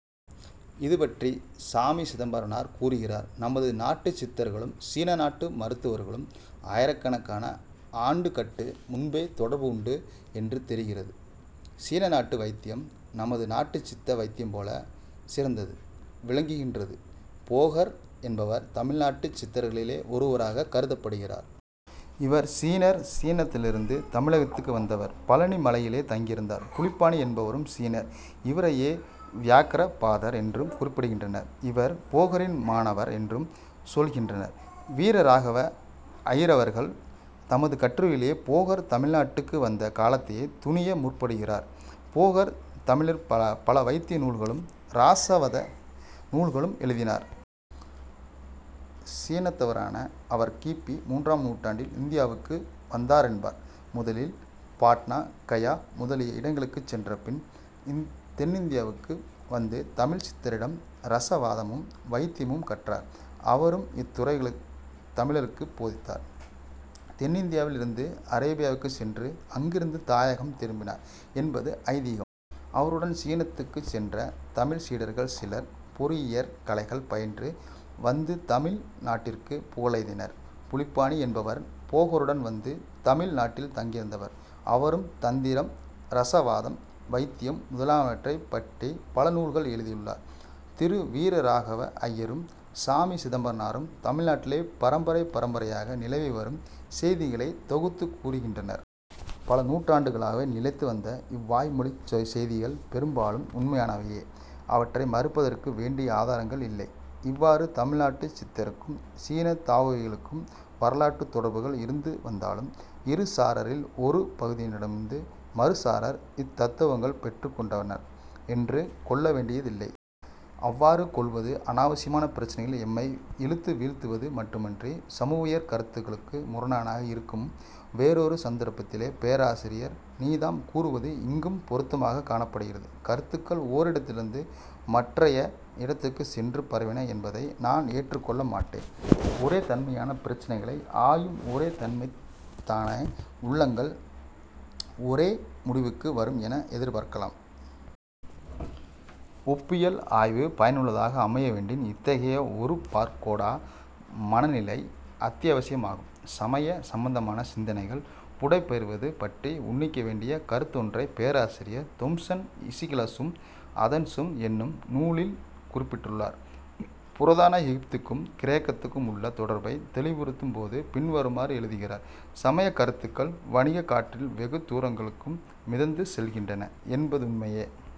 இதுபற்றிச் சாமி சிதம்பரனார் கூறுகிறார்: "நமது நாட்டுச் சித்தர்களும், சீன நாட்டுச் மருத்துவர்களும் ஆயிரக்கணக்கான ஆண்டுகட்டு முன்பே தொடர்பு உண்டு என்று தெரிகிறது... சீன நாட்டு வைத்தியம் நமது நாட்டுச் சித்த வைத்தியம் போல சிறந்து விளங்குகின்றது... போகர் என்பவர் தமிழ் நாட்டுச் சித்தர்களிலே ஒருவராகக் கருதப்படுகிறார். இவர் சீனர், சீனத்திலிருந்து தமிழகத்துக்கு வந்தவர். பழனி மலையிலே தங்கியிருந்தார். புலிப்பாணி என்பவரும் சீனர். இவரையே 'வியாக்ரபாதர்' என்று குறிப்பிடுகின்றனர். இவர் போகரின் மாணவர் என்றும் சொல்கின்றனர். வீரராகவ ஐயரவர்கள் தமது கட்டுரையிலே போகர் தமிழ் நாட்டுக்கு வந்த காலத்தைத் துணிய முற்படுகிறார். "போகர் தமிழிற் பல வைத்திய நூல்களும் இரசவாத நூல்களும் எழுதினார். சீனத்தவரான அவர் கி. பி. மூன்றாம் நூற்றாண்டில் இந்தியாவுக்கு வந்தாரென்பர். முதலில் பாட்னா, கயா, முதலிய இடங்களுக்குச் சென்றபின், தென்னிந்தியாவுக்கு வந்து, தமிழ்ச் சித்தரிடம் இரசவாதமும் வைத்தியமும் கற்றார். அவரும் இத்துறைகளு தமிழருக்குப் போதித்தார். தென்னிந்தியாவிலிருந்து அராபியாவுக்குச் சென்று, அங்கிருந்து தாயகம் திரும்பினார் என்பது ஐதீகம். அவருடன் சீனத்துக்குச் சென்ற தமிழ்ச் சீடர்கள் சிலர் பொறியியற் கலைகள் பயின்று வந்து தமிழ் நாட்டிற்கு புகழெய்தினர். புலிப்பாணி என்பவர் போகருடன் வந்து தமிழ் நாட்டில் தங்கியிருந்தவர். அவரும் தந்திரம், இரசவாதம், வைத்தியம் முதலானவற்றைப் பற்றிப் பல நூல்கள் எழுதியுள்ளார். திரு. வீரராகவ ஐயரும், சாமி சிதம்பரனாரும் தமிழ்நாட்டிலே பரம்பரை பரம்பரையாக நிலவி வரும் செய்திகளை தொகுத்துக் கூறுகின்றனர். பல நூற்றாண்டுகளாக நிலைத்து வந்த இவ்வாய்மொழிச் செய்திகள் பெரும்பாலும் உண்மையானவையே. அவற்றை மறுப்பதற்கு வேண்டிய ஆதாரங்கள் இல்லை. இவ்வாறு தமிழ் நாட்டுச் சித்தருக்கும் சீனத் தாவோயிகளுக்கும் வரலாற்றுத் தொடர்புகள் இருந்து வந்தாலும், இரு சாரரில் ஒரு பகுதியினடமிருந்து மறுசாரார் இத் தத்துவங்களைப் பெற்றுக் கொண்டனர் என்று கொள்ள வேண்டியதில்லை. அவ்வாறு கொள்வது அநாவசியமான பிரச்சினைகளில் எம்மை இழுத்து வீழ்த்துவது மட்டுமின்றிச் சமூகவியற் கருத்துக்களுக்கு முரணான இருக்கும். வேறொரு சந்தர்ப்பத்திலே பேராசிரியர் நீதாம் கூறுவது இங்கும் பொருத்தமாகக் காணப்படுகிறது. "கருத்துக்கள் ஓரிடத்திலிருந்து மற்றைய இடத்துக்குச் சென்று பரவின என்பதை நான் ஏற்றுக் கொள்ள மாட்டேன். ஒரே தன்மையான பிரச்சினைகளை ஆயும் ஒரே தன்மைத்தான உள்ளங்கள் ஒரே முடிவுக்கு வரும் என எதிர்பார்க்கலாம். " ஒப்பியல் ஆய்வு பயனுள்ளதாக அமையவேண்டின் இத்தகைய 'ஒருபாற்கோடா' மன நிலை அத்தியாவசியமாகும். சமய சம்பந்தமான சிந்தனைகள் புடைபெயர்வது பற்றி உன்னிக்க வேண்டிய கருத்தொன்றைப் பேராசிரியர் தொம்சன் ஈஸ்கிலசும் அதென்சும் என்னும் நூலிற் குறிப்பிட்டுள்ளார். புரதான எகிப்துக்கும் கிரேக்கத்துக்கும் உள்ள தொடர்பைத் தௌிவுறுத்தும் போது பின்வருமாறு எழுதுகிறார் சமயக் கருத்துக்கள் வணிகக் காற்றில் வெகு தூரங்களுக்கும் மிதந்து செல்கின்றன என்பதுண்மையே.